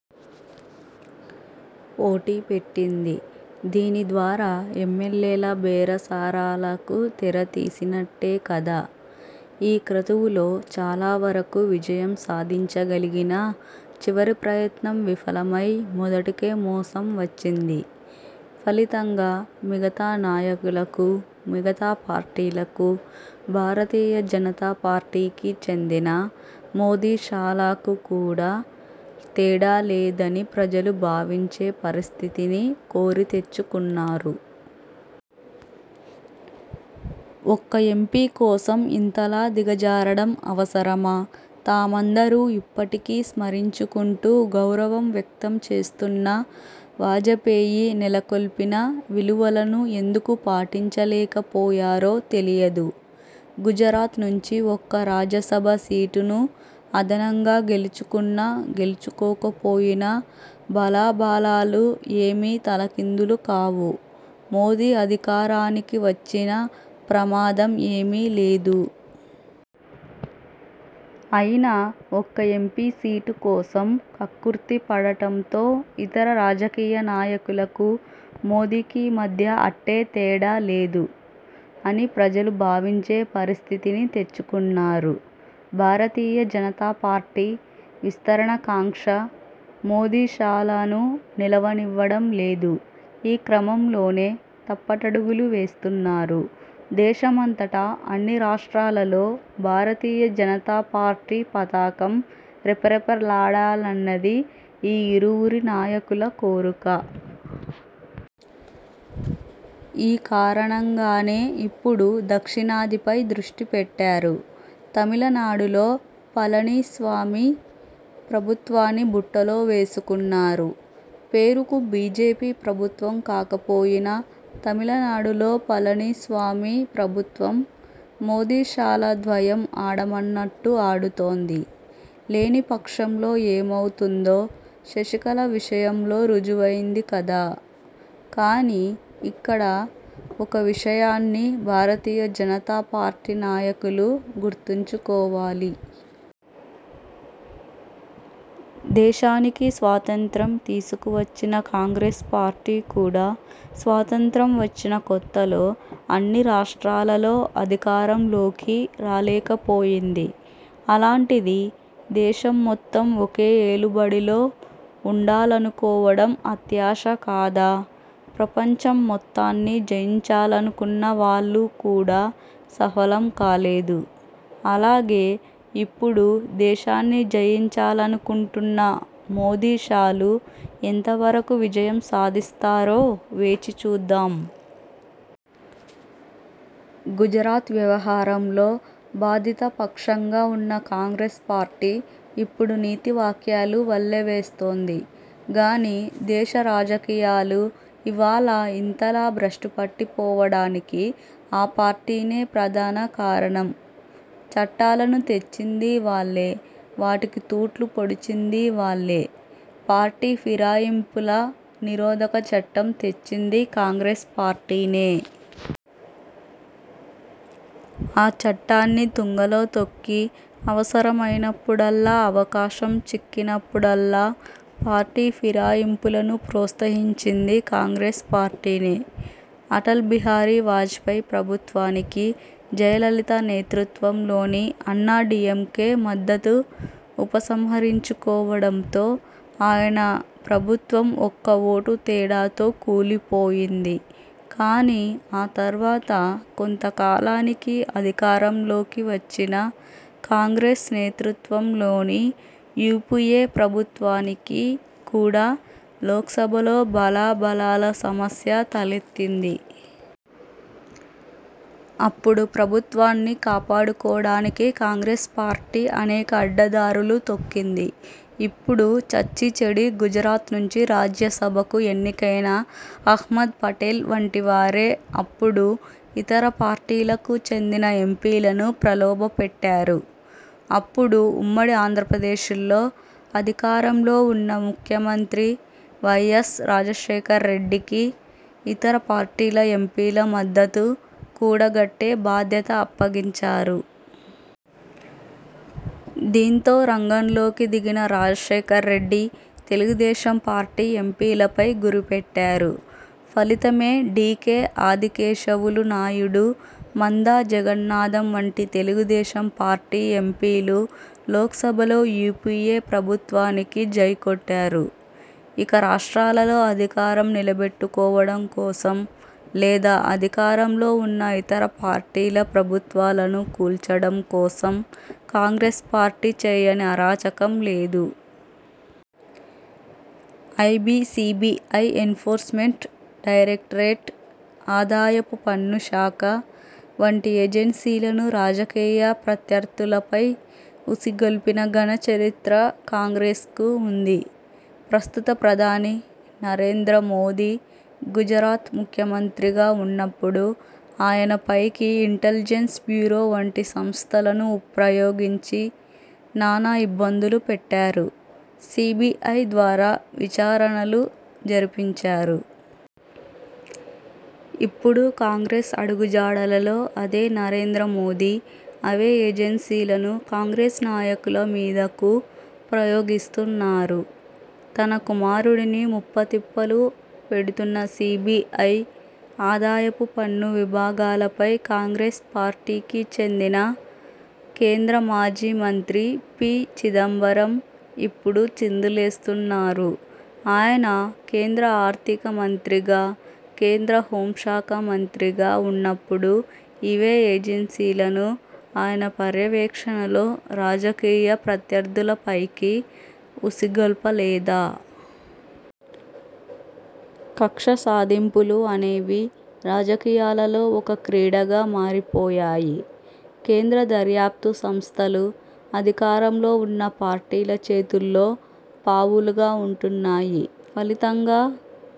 పోటీ పెట్టింది. దీని ద్వారా ఎమ్మెల్యేల బేరసారాలకు తెర తీసినట్టే కదా! ఈ క్రతువులో చాలావరకు విజయం సాధించగలిగినా చివరి ప్రయత్నం విఫలమై మొదటికే మోసం వచ్చింది. ఫలితంగా మిగతా నాయకులకు, మిగతా పార్టీలకు, భారతీయ జనతా పార్టీకి చెందిన మోదీ–షాలకు కూడా తేడా లేదని ప్రజలు భావించే పరిస్థితిని కోరి తెచ్చుకున్నారు. ఒక్క ఎంపీ కోసం ఇంతలా దిగజారడం అవసరమా? తామందరూ ఇప్పటికీ స్మరించుకుంటూ గౌరవం వ్యక్తంచేస్తున్న వాజపేయి నెలకొల్పిన విలువలను ఎందుకు పాటించలేకపోయారో తెలియదు. గుజరాత్ నుంచి ఒక్క రాజ్యసభ సీటును అదనంగా గెలుచుకున్నా, గెల్చుకోకపోయినా బలాబలాలు ఏమీ తలకిందులు కావు. మోదీ అధికారానికి వచ్చిన ప్రమాదం ఏమీ లేదు. అయినా ఒక్క ఎంపీ సీటు కోసం కక్కుర్తిపడటంతో ఇతర రాజకీయ నాయకులకు, మోదీకి మధ్య అట్టే తేడా లేదు అని ప్రజలు భావించే పరిస్థితిని తెచ్చుకున్నారు. భారతీయ జనతా పార్టీ విస్తరణ కాంక్ష మోదీ– షాలను నిలవనివ్వడం లేదు. ఈ క్రమంలోనే తప్పటడుగులు వేస్తున్నారు. దేశమంతటా అన్ని రాష్ర్టాలలో భారతీయ జనతాపార్టీ పతాకం రెపరెపలాడాలన్నది ఈ ఇరువురి నాయకుల కోరిక! ఈ కారణంగానే ఇప్పుడు దక్షిణాదిపై దృష్టిపెట్టారు. తమిళనాడులో పళనిస్వామి ప్రభుత్వాన్ని బుట్టలో వేసుకున్నారు. పేరుకు బీజేపీ ప్రభుత్వం కాకపోయినా తమిళనాడులో పళనిస్వామి ప్రభుత్వం మోదీ షాల ద్వయం ఆడమన్నట్టు ఆడుతోంది. లేని పక్షంలో ఏమవుతుందో శశికళ విషయంలో రుజువైంది కదా! కానీ ఇక్కడ ఒక్క విషయాన్ని భారతీయ జనతా పార్టీ నాయకులు గుర్తుంచుకోవాలి. దేశానికి స్వాతంత్య్రం తీసుకువచ్చిన కాంగ్రెస్ పార్టీ కూడా స్వాతంత్య్రం వచ్చిన కొత్తలో అన్ని రాష్ర్టాలలో అధికారంలోకి రాలేకపోయింది. అలాంటిది ఇప్పుడు దేశం మొత్తం ఒకే ఏలుబడిలో ఉండాలనుకోవడం అత్యాశ కాదా! ప్రపంచం మొత్తాన్ని జయించాలనుకున్నవాళ్లు కూడా సఫలం కాలేదు. అలాగే ఇప్పుడు దేశాన్ని జయించాలనుకుంటున్న మోదీ షాలు ఎంతవరకు విజయం సాధిస్తారో వేచి చూద్దాం. గుజరాత్ వ్యవహారంలో బాధితపక్షంగా ఉన్న కాంగ్రెస్ పార్టీ ఇప్పుడు నీతి వాక్యాలు వల్లె వేస్తోంది గానీ దేశ రాజకీయాలు ఇవ్వాళ ఇంతలా భ్రష్టుపట్టిపోవడానికి ఆ పార్టీనే ప్రధాన కారణం. చట్టాలను తెచ్చిందీ వాళ్లే వాటికి తూట్లు పొడిచిందీ వాళ్లే! పార్టీ ఫిరాయింపుల నిరోధక చట్టం తెచ్చింది కాంగ్రెస్ పార్టీనే! ఆ చట్టాన్ని తుంగలో తొక్కి అవసరమైనప్పుడల్లా, అవకాశం చిక్కినప్పుడల్లా పార్టీ ఫిరాయింపులను ప్రోత్సహించిందీ కాంగ్రెస్ పార్టీనే! అటల్ బిహారి వాజపేయి ప్రభుత్వానికి జయలలిత నేతృత్వంలోని అన్నాడీఎంకే మద్దతు ఉపసంహరించుకోవడంతో ఆయన ప్రభుత్వం ఒక్క ఓటు తేడాతో కూలిపోయింది. కానీ ఆ తర్వాత కొంతకాలానికి అధికారంలోకి వచ్చిన కాంగ్రెస్ నేతృత్వంలోని యూపీఏ ప్రభుత్వానికి కూడా లోక్సభలో బలాబలాల సమస్య తలెత్తింది. అప్పుడు ప్రభుత్వాన్ని కాపాడుకోవడానికి కాంగ్రెస్ పార్టీ అనేక అడ్డదారులు తొక్కింది. ఇప్పుడు చచ్చీ చెడీ గుజరాత్ నుంచి రాజ్యసభకు ఎన్నికైన అహ్మద్ పటేల్ వంటివారే అప్పుడు ఇతర పార్టీలకు చెందిన ఎంపీలను ప్రలోభపెట్టారు. అప్పుడు ఉమ్మడి ఆంధ్రప్రదేశ్లో అధికారంలో ఉన్న ముఖ్యమంత్రి వైఎస్ రాజశేఖర్రెడ్డికి ఇతర పార్టీల ఎంపీల మద్దతు కూడగట్టే బాధ్యత అప్పగించారు. దీంతో రంగంలోకి దిగిన రాజశేఖర్రెడ్డి, తెలుగుదేశం పార్టీ ఎంపీలపై గురిపెట్టారు. ఫలితమే.. డీకే ఆదికేశవులునాయుడు, మందా జగన్నాథం వంటి తెలుగుదేశం పార్టీ ఎంపీలు లోక్సభలో యూపీఏ ప్రభుత్వానికి జైకొట్టారు. ఇక రాష్ర్టాలలో అధికారం నిలబెట్టుకోవడం కోసం లేదా అధికారంలో ఉన్న ఇతర పార్టీల ప్రభుత్వాలను కూల్చడం కోసం కాంగ్రెస్ పార్టీ చేయని అరాచకం లేదు. ఐబీ, సీబీఐ, ఎన్ఫోర్స్మెంట్ డైరెక్టరేట్, ఆదాయపు పన్ను శాఖ వంటి ఏజెన్సీలను రాజకీయ ప్రత్యర్థులపై ఉసిగొల్పిన ఘనచరిత్ర కాంగ్రెస్కు ఉంది. ప్రస్తుత ప్రధాని నరేంద్ర మోదీ గుజరాత్ ముఖ్యమంత్రిగా ఉన్నప్పుడు ఆయనపైకి ఇంటెలిజెన్స్ బ్యూరో వంటి సంస్థలను ప్రయోగించి నానా ఇబ్బందులు పెట్టారు. సీబీఐ ద్వారా విచారణలు జరిపించారు. ఇప్పుడు కాంగ్రెస్ అడుగుజాడలలో అదే నరేంద్ర మోదీ, అవే ఏజెన్సీలను కాంగ్రెస్ నాయకుల మీదకు ప్రయోగిస్తున్నారు. తన కుమారుడిని ముప్పుతిప్పలు పెడుతున్న సీబీఐ, ఆదాయపుపన్ను విభాగాలపై కాంగ్రెస్ పార్టీకి చెందిన కేంద్ర మాజీ మంత్రి పి. చిదంబరం ఇప్పుడు చిందులేస్తున్నారు. ఆయన కేంద్ర ఆర్థిక మంత్రిగా, కేంద్ర హోం శాఖ మంత్రిగా ఉన్నప్పుడు ఇవే ఏజెన్సీలను ఆయన పర్యవేక్షణలో రాజకీయ ప్రత్యర్థులపైకి ఉసిగొల్పలేదా? కక్ష సాధింపులు అనేవి రాజకీయాలలో ఒక క్రీడగా మారిపోయాయి. కేంద్ర దర్యాప్తు సంస్థలు అధికారంలో ఉన్న పార్టీల చేతుల్లో పావులుగా ఉంటున్నాయి. ఫలితంగా